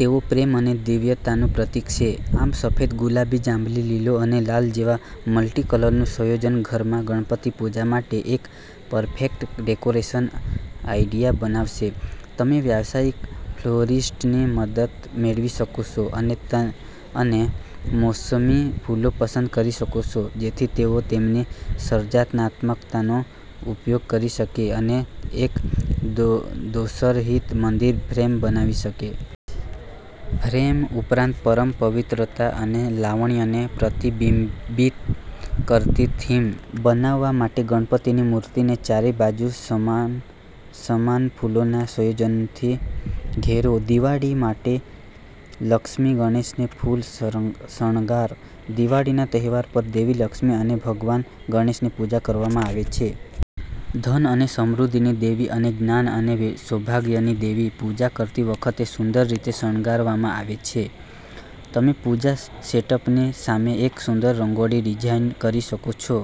તેઓ પ્રેમ અને દિવ્યતાનું પ્રતીક છે. આમ, સફેદ, ગુલાબી, જાંબલી, લીલો અને લાલ જેવા મલ્ટીકલરનું સંયોજન ઘરમાં ગણપતિ પૂજા માટે એક પરફેક્ટ ડેકોરેશન આઈડિયા બનાવશે. તમે વ્યાવસાયિક ફ્લોરિસ્ટની મદદ મેળવી શકો છો અને મોસમી ફૂલો પસંદ કરી શકો છો જેથી તેઓ તેમની સર્જનાત્મકતાનો ઉપયોગ કરી શકે અને એક દોષરહિત મંદિર ફ્રેમ બનાવી શકે. ફ્રેમ ઉપરાંત, પરમ પવિત્રતા અને લાવણ્યને પ્રતિબિંબિત કરતી થીમ બનાવવા માટે ગણપતિની મૂર્તિને ચારે બાજુ સમાન ફૂલોના સંયોજનથી ઘેરો. દિવાળી માટે લક્ષ્મી ગણેશને ફૂલ શણગાર. દિવાળીના તહેવાર પર દેવી લક્ષ્મી અને ભગવાન ગણેશની પૂજા કરવામાં આવે છે. ધન અને સમૃદ્ધિની દેવી અને જ્ઞાન અને સૌભાગ્યની દેવી પૂજા કરતી વખતે સુંદર રીતે શણગારવામાં આવે છે. તમે પૂજા સેટઅપની સામે એક સુંદર રંગોળી ડિઝાઇન કરી શકો છો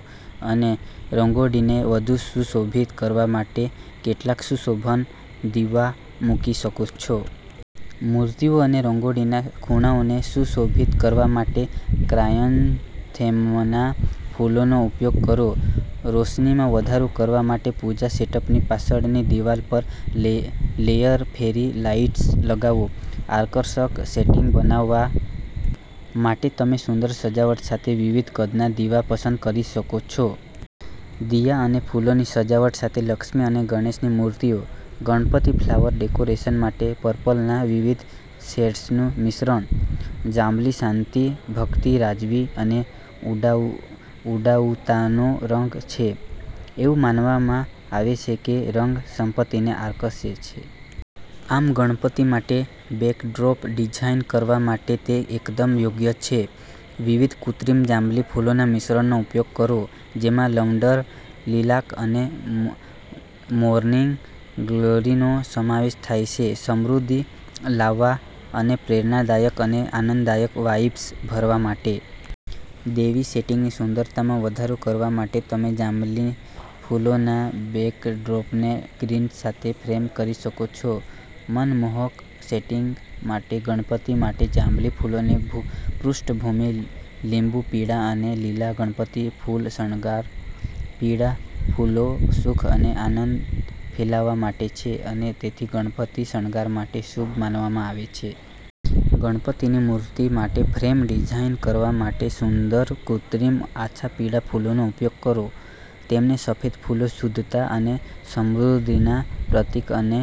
અને રંગોળીને વધુ સુશોભિત કરવા માટે કેટલાક સુશોભન દીવા મૂકી શકો છો. મૂર્તિઓ અને રંગોળીના ખૂણાઓને સુશોભિત કરવા માટે ક્રાયસન્થેમમના ફૂલોનો ઉપયોગ કરો. રોશનીમાં વધારો કરવા માટે પૂજા સેટઅપની પાછળની દિવાલ પર લેયર ફેરી લાઇટ્સ લગાવો. આકર્ષક સેટિંગ બનાવવા માટે તમે સુંદર સજાવટ સાથે વિવિધ કદના દીવા પસંદ કરી શકો છો. દિયા અને ફૂલોની સજાવટ સાથે લક્ષ્મી અને ગણેશની મૂર્તિઓ. ગણપતિ ફ્લાવર ડેકોરેશન માટે પર્પલના વિવિધ શેડ્સનું મિશ્રણ. જાંબલી શાંતિ, ભક્તિ, રાજવી અને ઉડાઉતાનો રંગ છે. એવું માનવામાં આવે છે કે રંગ સંપત્તિને આકર્ષે છે. આમ, ગણપતિ માટે બેકડ્રોપ ડિઝાઇન કરવા માટે તે એકદમ યોગ્ય છે. વિવિધ કૃત્રિમ જાંબલી ફૂલોના મિશ્રણનો ઉપયોગ કરો, જેમાં લવંડર, લીલાક અને મોર્નિંગ ગ્લોરીનો સમાવેશ થાય છે, સમૃદ્ધિ લાવવા અને પ્રેરણાદાયક અને આનંદદાયક વાઇબ્સ ભરવા માટે. દૈવી સેટિંગની સુંદરતામાં વધારો કરવા માટે તમે જાંબલી ફૂલોના બેકડ્રોપને ગ્રીન્સ સાથે ફ્રેમ કરી શકો છો. મનમોહક સેટિંગ માટે ગણપતિ માટે જાંબલી ફૂલોની પૃષ્ઠભૂમિ. લીંબુ પીળા અને લીલા ગણપતિ ફૂલ શણગાર. પીળા ફૂલો સુખ અને આનંદ ફેલાવવા માટે છે અને તેથી ગણપતિ શણગાર માટે શુભ માનવામાં આવે છે. ગણપતિની મૂર્તિ માટે ફ્રેમ ડિઝાઇન કરવા માટે સુંદર કૃત્રિમ આછા પીળા ફૂલોનો ઉપયોગ કરો. તેમને સફેદ ફૂલો, શુદ્ધતા અને સમૃદ્ધિના પ્રતીક અને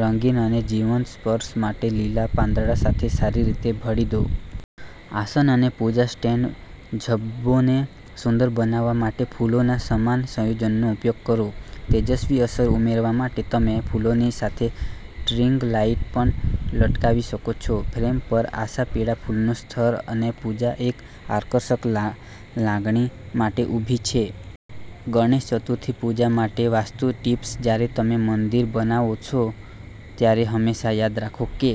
રંગીન અને જીવંત સ્પર્શ માટે લીલા પાંદડા સાથે સારી રીતે ભળી દો. આસન અને પૂજા સ્ટેન્ડ ઝભ્ભોને સુંદર બનાવવા માટે ફૂલોના સમાન સંયોજનનો ઉપયોગ કરો. તેજસ્વી અસર ઉમેરવા માટે તમે ફૂલોની સાથે સ્ટ્રિંગ લાઇટ પણ લટકાવી શકો છો. ફ્રેમ પર આછા પીળા ફૂલોનું સ્તર, અને પૂજા એક આકર્ષક લાગણી માટે ઊભી છે. ગણેશ ચતુર્થી પૂજા માટે વાસ્તુ ટિપ્સ. જ્યારે તમે મંદિર બનાવો છો, ત્યારે હંમેશા યાદ રાખો કે